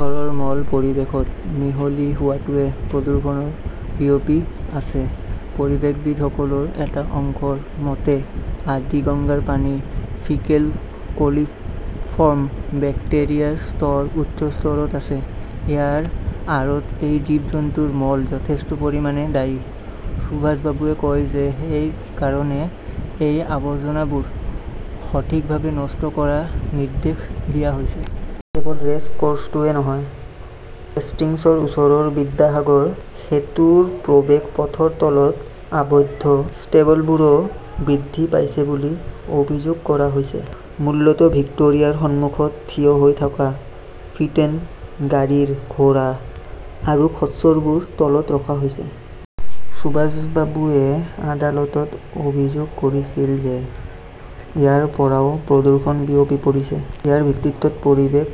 ঘোঁৰাৰ মল পৰিৱেশত মিহলি হোৱাটোৱে প্ৰদূষণ বিয়পি আছে। পৰিৱেশবিদসকলৰ এটা অংশৰ মতে, আদিগঙ্গাৰ পানীত ফিকেল কলিফৰ্ম বেক্টেৰিয়াৰ স্তৰ উচ্চ স্তৰত আছে। ইয়াৰ আঁৰত এই জীৱ-জন্তুৰ মল যথেষ্ট পৰিমাণে দায়ী। সুভাষ বাবুৱে কয় যে সেই কাৰণে এই আৱৰ্জনাবোৰ সঠিকভাৱে নষ্ট কৰাৰ নিৰ্দেশ দিয়া হৈছে। কেৱল ৰেচ কোৰ্চটোৱেই নহয়, হেষ্টিংছৰ ওচৰৰ বিদ্যাসাগৰ সেতুৰ প্ৰৱেশ পথৰ তলত আবধ ষ্টেবলবোৰো বৃদ্ধি পাইছে বুলি অভিযোগ কৰা হৈছে। মূলতঃ ভিক্টোৰিয়াৰ সন্মুখত থিয় হৈ থকা ফিটেন গাড়ীৰ ঘোঁৰা আৰু খচ্চৰবোৰ তলত ৰখা হৈছিল। সুভাষ বাবুৱে আদালতত অভিযোগ কৰিছিল যে ইয়াৰ পৰাও প্ৰদূষণ বিয়পি পৰিছে। ইয়াৰ ভিত্তিত পৰিৱেশ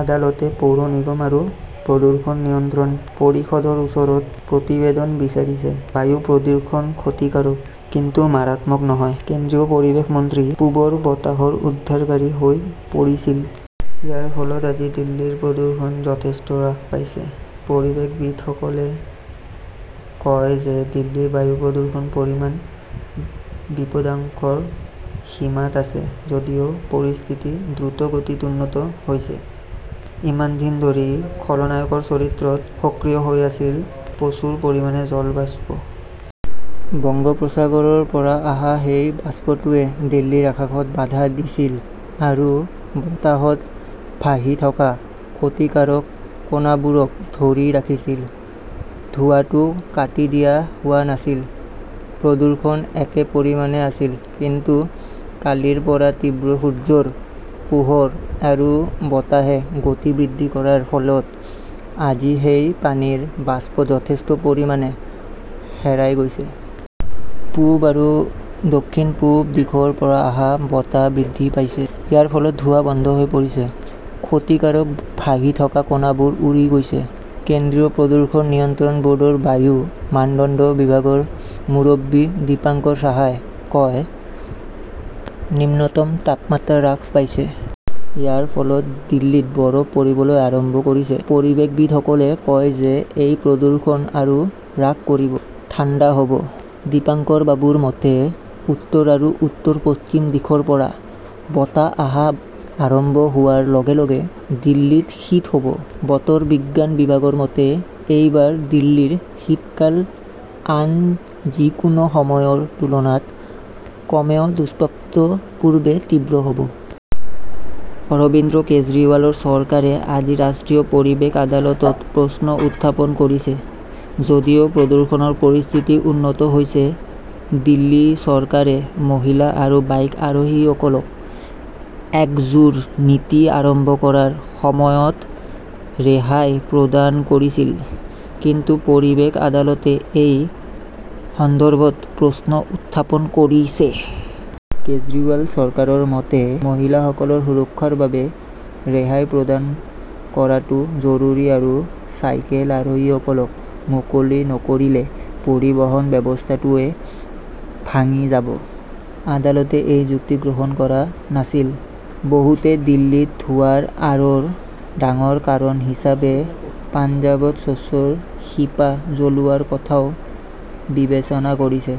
আদালতে পৌৰ নিগম আৰু প্ৰদূষণ নিয়ন্ত্ৰণ পৰিষদৰ ওচৰত প্ৰতিবেদন বিচাৰিছে। বায়ু প্ৰদূষণ ক্ষতিকাৰক, কিন্তু মাৰাত্মক নহয়। কেন্দ্ৰীয় পৰিৱেশ মন্ত্ৰী পূবৰ বতাহ উদ্ধাৰকাৰী হৈ পৰিছিল। ইয়াৰ ফলত আজি দিল্লীৰ প্ৰদূষণ যথেষ্ট হ্ৰাস পাইছে। পৰিৱেশবিদসকলে কয় যে দিল্লীৰ বায়ু প্ৰদূষণৰ পৰিমাণ বিপদাশংৰ সীমাত আছে যদিও পৰিস্থিতি দ্ৰুতগতিত উন্নত হৈছে। ইমান দিন ধৰি খলনায়কৰ চৰিত্ৰত সক্ৰিয় হৈ আছিল প্ৰচুৰ পৰিমাণে জল বাষ্প। বংগোপসাগৰৰ পৰা আহা সেই বাষ্পটোৱে দিল্লীৰ আকাশত বাধা দিছিল আৰু বতাহত ভাহি থকা ক্ষতিকাৰক কণাবোৰক ধৰি ৰাখিছিল। ধোঁৱাটো কাটি দিয়া হোৱা নাছিল। প্ৰদূষণ একে পৰিমাণে আছিল। কিন্তু কালিৰ পৰা তীব্ৰ সূৰ্যৰ পোহৰ আৰু বতাহে গতি বৃদ্ধি কৰাৰ ফলত আজি সেই পানীৰ বাষ্প যথেষ্ট পৰিমাণে হেৰাই গৈছে। পূব আৰু দক্ষিণ-পূব দিশৰ পৰা অহা বতাহ বৃদ্ধি পাইছে। ইয়াৰ ফলত ধোঁৱা বন্ধ হৈ পৰিছে। ক্ষতিকাৰক ভাহি থকা কণাবোৰ উৰি গৈছে। কেন্দ্ৰীয় প্ৰদূষণ নিয়ন্ত্ৰণ বৰ্ডৰ বায়ু মানদণ্ড বিভাগৰ মুৰব্বী দীপাঙ্কৰ সাহাই কয়, নিম্নতম তাপমাত্ৰা হ্ৰাস পাইছে। ইয়াৰ ফলত দিল্লীত বৰফ পৰিবলৈ আৰম্ভ কৰিছে। পৰিৱেশবিদসকলে কয় যে এই প্ৰদূষণ আৰু হ্ৰাস কৰিব, ঠাণ্ডা হ'ব। দীপাঙ্কৰবাবুৰ মতে, উত্তৰ আৰু উত্তৰ-পশ্চিম দিশৰ পৰা বতাহ আহা আৰম্ভ হোৱাৰ লগে-লগে দিল্লীত শীত হ'ব। বতৰ বিজ্ঞান বিভাগৰ মতে, এইবাৰ দিল্লীৰ শীতকাল আন যিকোনো সময়ৰ তুলনাত কমেও দুষ্প্ৰাত পূৰ্বে তীব্ৰ হ'ব। অৰবিন্দ কেজৰিৱালৰ চৰকাৰে আজি ৰাষ্ট্ৰীয় পৰিৱেশ আদালতত প্ৰশ্ন উত্থাপন কৰিছে যদিও প্ৰদূষণৰ পৰিস্থিতি উন্নত হৈছে। দিল্লী চৰকাৰে মহিলা আৰু বাইক আৰোহীসকলক একজোৰ নীতি আৰম্ভ কৰাৰ সময়ত ৰেহাই প্ৰদান কৰিছিল। কিন্তু পৰিৱেশ আদালতে এই সন্দৰ্ভত প্ৰশ্ন উত্থাপন কৰিছে। কেজৰিৱাল চৰকাৰৰ মতে, মহিলাসকলৰ সুৰক্ষাৰ বাবে ৰেহাই প্ৰদান কৰাটো জৰুৰী আৰু চাইকেল আৰোহীসকলক মুকলি নকৰিলে পৰিবহণ ব্যৱস্থাটোৱেই ভাঙি যাব। আদালতে এই যুক্তি গ্ৰহণ কৰা নাছিল। বহুতে দিল্লীত ধোঁৱাৰ আঁৰৰ ডাঙৰ কাৰণ হিচাপে পাঞ্জাৱত চস্যৰ শিপা জ্বলোৱাৰ কথাও বিবেচনা কৰিছে।